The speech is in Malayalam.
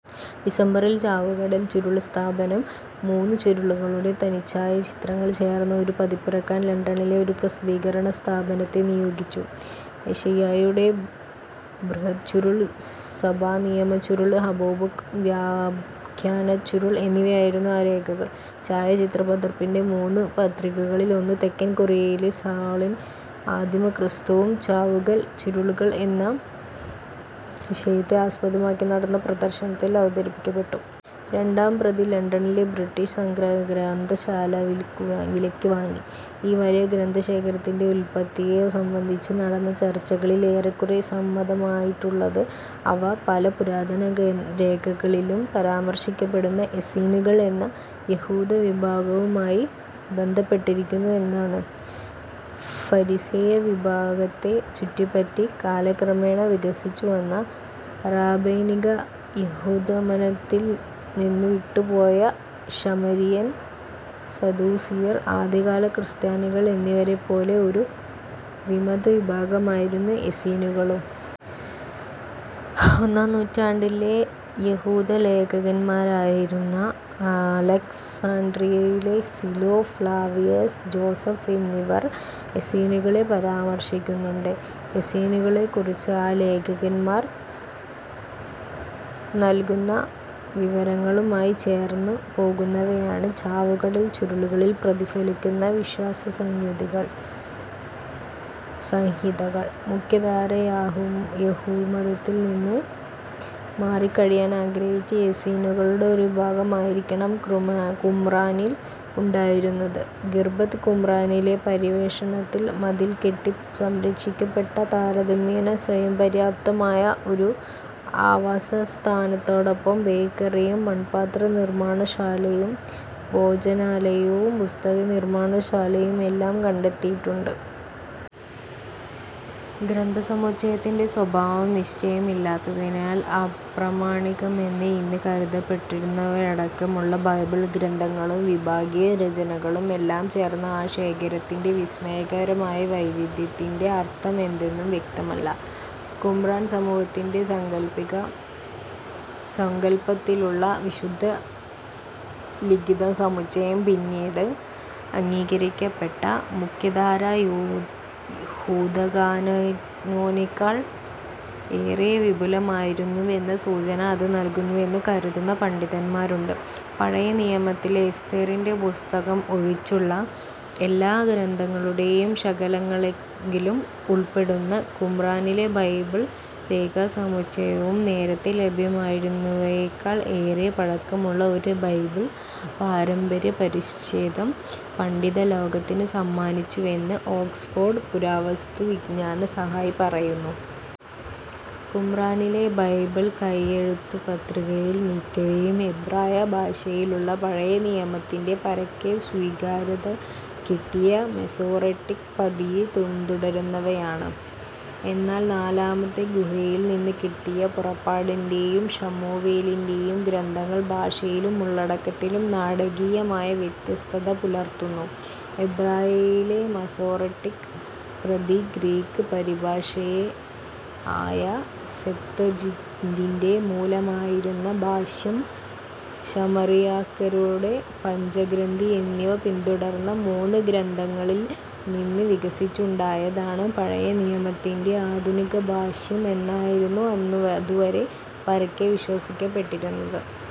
ഡിസംബറിൽ ചാവുകടൽ ചുരുൾ സംസ്ഥാപനം മൂന്നുചുരുളുകളുടെ തനിച്ഛായാചിത്രങ്ങൾ ചേർന്ന ഒരു പതിപ്പിറക്കാൻ ലണ്ടണിലെ ഒരു പ്രസിദ്ധീകരണസ്ഥാപനത്തെ നിയോഗിച്ചു. ഏശയ്യായുടെ ബൃഹദ്ചുരുൾ, സഭാനിയമച്ചുരുൾ, ഹബക്കൂക്ക് വ്യാഖ്യാനച്ചുരുൾ എന്നിവയായിരുന്നു ആ രേഖകൾ. ഛായാചിത്രപ്പതിപ്പിന്റെ മൂന്നുപ്രതികളിൽ ഒന്ന് തെക്കൻ കൊറിയയിലെ സോളിൽ "ആദിമക്രിസ്തുമതവും ചാവുകടൽ ചുരുളുകളും" എന്ന വിഷയത്തെ ആസ്പദമാക്കി നടന്ന പ്രദർശനത്തിൽ അവതരിപ്പിക്കപ്പെട്ടു. രണ്ടാം പ്രതി ലണ്ടണിലെ ബ്രിട്ടീഷ് സംഗ്രഹാലയഗ്രന്ഥശാല വിലക്കുവാങ്ങി. ഈ വലിയ ഗ്രന്ഥശേഖരത്തിന്റെ ഉല്പത്തിയെ സംബന്ധിച്ച് നടന്ന ചർച്ചകളിൽ ഏറെക്കുറെ സമ്മതമായിട്ടുള്ളത് അവ, പല പുരാതനരേഖകളിലും പരാമർശിക്കപ്പെടുന്ന എസ്സീനുകൾ എന്ന യഹൂദവിഭാവുമായി ബന്ധപ്പെട്ടിരിക്കുന്നു എന്നാണ്. ഫരിസേയവിഭാഗത്തെ ചുറ്റിപ്പറ്റി കാലക്രമേണ വികസിച്ചുവന്ന റാബൈനികയഹൂദമതത്തിൽ നിന്ന് വിട്ടുപോയ ശമരിയർ, സദ്ദൂസിയർ, ആദ്യകാല ക്രിസ്ത്യാനികൾ എന്നിവരെപ്പോലെ ഒരു വിമതവിഭാഗമായിരുന്നു എസീനുകളും. ഒന്നാം നൂറ്റാണ്ടിലെ യഹൂദലേഖകന്മാരായിരുന്ന അലക്സാണ്ഡ്രിയയിലെ ഫിലോ, ഫ്ലാവിയസ് ജോസഫ് എന്നിവർ എസ്സീനുകളെ പരാമർശിക്കുന്നുണ്ട്. എസ്സീനുകളെക്കുറിച്ച് ആ ലേഖകന്മാർ നൽകുന്ന വിവരങ്ങളുമായി ചേർന്നു പോകുന്നവയാണ് ചാവുകടൽ ചുരുളുകളിൽ പ്രതിഫലിക്കുന്ന വിശ്വാസസംഹിതകൾ. മുഖ്യധാരായഹൂദമതത്തിൽ നിന്ന് മാറിക്കഴിയാൻ ആഗ്രഹിച്ച എസ്സീനുകളുടെ ഒരു വിഭാഗമായിരിക്കണം കുമ്രാനിൽ ഉണ്ടായിരുന്നത്. ഖിർബത് കുമ്രാനിലെ പര്യവേഷണത്തിൽ, മതിൽ കെട്ടി സംരക്ഷിക്കപ്പെട്ട താരതമ്യേന സ്വയംപര്യാപ്തമായ ഒരു ആവാസസ്ഥാനത്തോടൊപ്പം ബേക്കറിയും, മൺപാത്രനിർമ്മാണശാലയും, ഭോജനാലയവും, പുസ്തകനിർമ്മാണശാലയും എല്ലാം കണ്ടെത്തിയിട്ടുണ്ട്. ഗ്രന്ഥസമുച്ചയത്തിന്റെ സ്വഭാവം നിശ്ചയമില്ലാത്തതിനാൽ, അപ്രമാണികമെന്ന് ഇന്ന് കരുതപ്പെടുന്നവയടക്കമുള്ള ബൈബിൾ ഗ്രന്ഥങ്ങളും വിഭാഗീയരചനകളും എല്ലാം ചേർന്ന ആ ശേഖരത്തിന്റെ വിസ്മയകരമായ വൈവിദ്ധ്യത്തിന്റെ അർത്ഥമെന്തെന്നും വ്യക്തമല്ല. കുമ്രാൻ സമൂഹത്തിന്റെ സങ്കല്പത്തിലുള്ള വിശുദ്ധലിഖിതസമുച്ചയം പിന്നീട് അംഗീകരിക്കപ്പെട്ട മുഖ്യധാരായഹൂദകാനോനേക്കാൾ ഏറെ വിപുലമായിരുന്നുവെന്ന സൂചന അത് നൽകുന്നുവെന്ന് കരുതുന്ന പണ്ഡിതന്മാരുണ്ട്. പഴയനിയമത്തിലെ എസ്തേറിന്റെ പുസ്തകം ഒഴിച്ചുള്ള എല്ലാ ഗ്രന്ഥങ്ങളുടേയും ശകലങ്ങളെങ്കിലും ഉൾപ്പെടുന്ന കുമ്രാനിലെ ബൈബിൾ രേഖാസമുച്ചയവും, നേരത്തെ ലഭ്യമായിരുന്നവയെക്കാൾ ഏറെ പഴക്കമുള്ള ഒരു ബൈബിൾ പാരമ്പര്യപരിച്ഛേദം പണ്ഡിതലോകത്തിന് സമ്മാനിച്ചുവെന്ന് ഓക്സ്ഫോർഡ് പുരാവസ്തുവിജ്ഞാനസഹായി പറയുന്നു. കുമ്രാനിലെ ബൈബിൾ കൈയെഴുത്തുപ്രതികളിൽ മിക്കവയും എബ്രായ ഭാഷയിലുള്ള, പഴയനിയമത്തിന്റെ പരക്കെ സ്വീകാര്യതകിട്ടിയ മസോറെട്ടിക്ക് പ്രതിയെ പിന്തുടരുന്നവയാണ്. എന്നാൽ നാലാമത്തെ ഗുഹയിൽ നിന്നുകിട്ടിയ പുറപ്പാടിന്റേയും ശമൂവേലിന്റേയും ഗ്രന്ഥങ്ങൾ ഭാഷയിലും ഉള്ളടക്കത്തിലും നാടകീയമായ വ്യത്യസ്തത പുലർത്തുന്നു. എബ്രായയിലെ മസോറട്ടിക്ക് പ്രതി, ഗ്രീക്ക് പരിഭാഷയായ സെപ്ത്വജിന്റിന്റെ മൂലമായിരുന്ന ഭാഷ്യം, ശമറിയാക്കാരുടെ പഞ്ചഗ്രന്ഥി എന്നിവ പിന്തുടർന്ന മൂന്നു ഗ്രന്ഥപാരമ്പര്യങ്ങളിൽ നിന്ന് വികസിച്ചുണ്ടായതാണ് പഴയനിയമത്തിന്റെ ആധുനികഭാഷ്യം എന്നായിരുന്നു അതുവരെ പരക്കെ വിശ്വസിക്കപ്പെട്ടിരുന്നത്.